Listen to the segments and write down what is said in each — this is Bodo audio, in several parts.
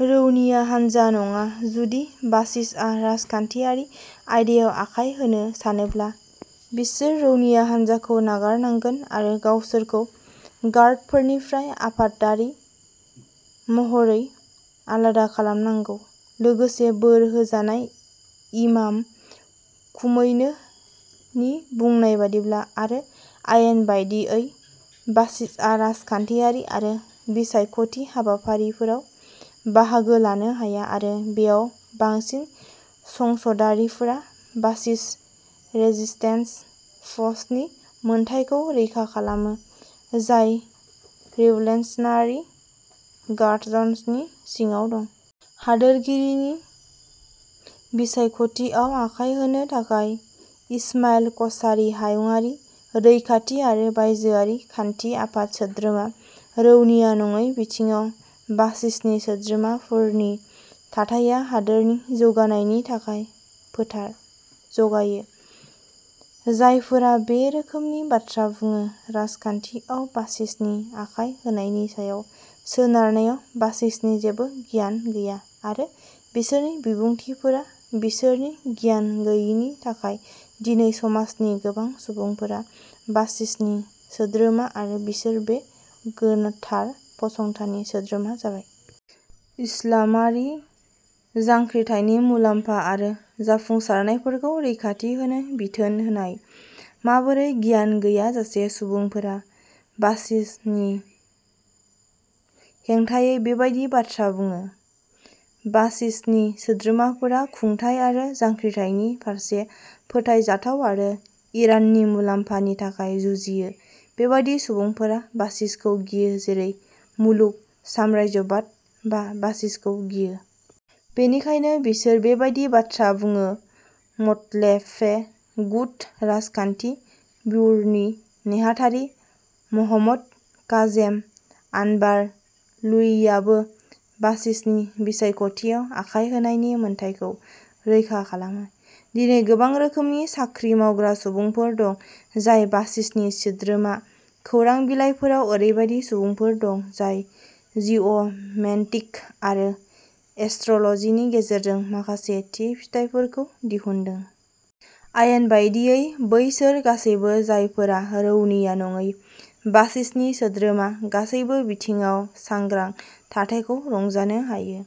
रौनिया हानजा नङा। जुदि बासिजआ राजखान्थियारि आयदायाव आखाय होनो सानोब्ला, बिसोर रौनिया हान्जाखौ नागारनांगोन आरो गावसोरखौ गार्डफोरनिफ्राय आफादारि महरै आलादा खालामनांगौ लोगोसे बोर होजानाय इमाम खुमैनो नि बुंनाय बादिब्ला आरो आयेन बादियै बासिजआ राजखान्थियारि आरो बिसायख'थि हाबाफारिफोराव बाहागो लानो हाया आरो बेयाव बांसिन संसदारिफोरा बासिज रेजिस्टेन्स फर्सनि मोनथायखौ रैखा खालामो जाय रिभलुसनारि गार्डसनि सिङाव दं। हादोरगिरिनि बिसायख'थियाव आखाय होनो थाखाय इसमाइल क'सारी हायुंआरि रैखाथि आरो बायजोआरि खान्थि आफाद सोद्रोमा रौनिया नङै बिथिङाव बासिजनि सोद्रोमाफोरनि थाथाया हादोरनि जौगानायनि थाखाय फोथार जगायो जायफोरा बे रोखोमनि बाथ्रा बुङो राजखान्थियाव बासिजनि आखाय होनायनि सायाव सावरायनायाव बासिजनि जेबो गियान गैया आरो बिसोरनि बिबुंथिफोरा बिसोरनि गियान गैयैनि थाखाय दिनै समाजनि गोबां सुबुंफोरा बासिजनि सोद्रोमा आरो बिसोर बे गोथार फसंथाननि सोद्रोमा जाबाय। इस्लामारि जांख्रिथायनि मुलाम्फा आरो जाफुंसारनायफोरखौ रैखाथि होनो बिथोन होनाय। माबोरै गियान गैयाजासे सुबुंफोरा बासिजनि हेंथायै बेबायदि बाथ्रा बुङो? बासिजनि सोद्रोमाफोरा खुंथाय आरो जांख्रिथायनि फारसे फोथायजाथाव आरो इराननि मुलाम्फानि थाखाय जुजियो बेबादि सुबुंफोरा बासिजखौ गियो जेरै मुलुग साम्राज्यबादआ बा-बासिजखौ गियो। बेनिखायनो बिसोर बेबादि बाथ्रा बुङो म'तलेफे गुट राजखान्थि बिउर'नि नेहाथारि महम्मद काजेम आनबार लुइयियाबो बासिजनि बिसायख'थियाव आखाय होनायनि मोन्थाइखौ रैखा खालामो दिनै गोबां रोखोमनि साख्रि मावग्रा सुबुंफोर दं जाय बासिजनि सोद्रोमा। खौरां बिलाइफोराव ओरैबायदि सुबुंफोर दं जाय जिअ'मेन्टिक आरो एस्ट्र'लजिनि गेजेरजों माखासे थि फिथाइफोरखौ दिहुनदों। आयेन बायदियै बैसोर गासैबो जायफोरा रौनिया नङै बासिजनि सोद्रोमा, गासैबो बिथिङाव सांग्रां थाथायखौ रंजानो हायो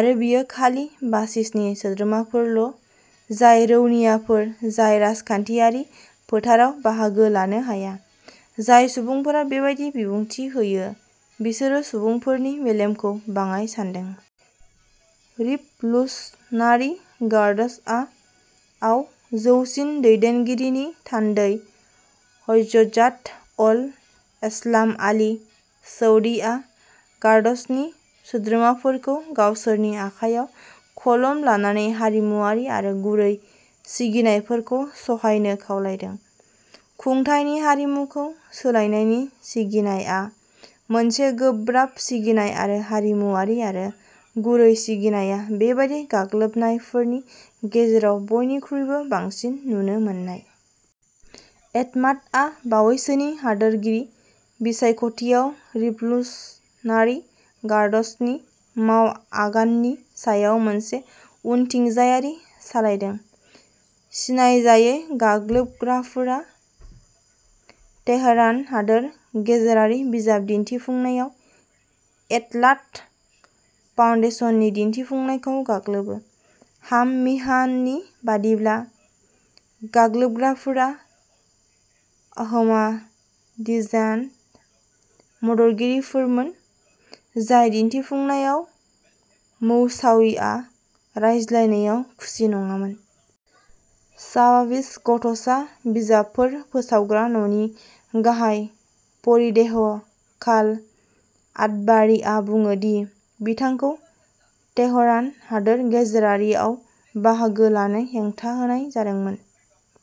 आरो बेयो खालि बासिजनि सोद्रोमाफोरल' जाय रौनियाफोर जाय राजखान्थियारि फोथाराव बाहागो लानो हाया। जाय सुबुंफोरा बेबादि बिबुंथि होयो बिसोरो सुबुंफोरनि मेलेमखौ बाङाइ सान्दों। रिभलुसनारि गार्डसआ आव जौसिन दैदेनगिरिनि थान्दै हज्जात अल एसलाम आली सौदीआ गार्डसनि सोद्रोमाफोरखौ "गावसोरनि आखायाव कलम लानानै हारिमुआरि आरो गुरै सिगिनायफोरखौ सहायनो" खावलायदों। खुंथायनि हारिमुखौ सोलायनायनि सिगिनायआ मोनसे गोब्राब सिगिनाय आरो हारिमुआरि आरो गुरै सिगिनायआ बेबादि गाग्लोबनायफोरनि गेजेराव बयनिख्रुइबो बांसिन नुनो मोननाय। एटमाडआ बावैसोनि हादोरगिरि बिसायख'थियाव रिभलुसनारि गार्डसनि मावआगाननि सायाव मोनसे उनथिंजायारि सालायदों। सिनायजायै गाग्लोबग्राफोरा तेहरान हादोर गेजेरारि बिजाब दिन्थिफुंनायाव एटलात फाउन्डेशननि दिन्थिफुंनायखौ गाग्लोबो। हाम मिहाननि बायदिब्ला, गाग्लोबग्राफोरा आहमादिजान मददगिरिफोरमोन, जाय दिन्थिफुंनायाव मौसाविआ रायज्लायनायाव खुसि नङामोन। शाबाविज गथ'सा बिजाबफोर फोसावग्रा न'नि गाहाय फरिदेह खाल'आतबारीआ बुङो दि बिथांखौ तेहरान हादोर गेजेरारिआव बाहागो लानो हेंथा होनाय जादोंमोन।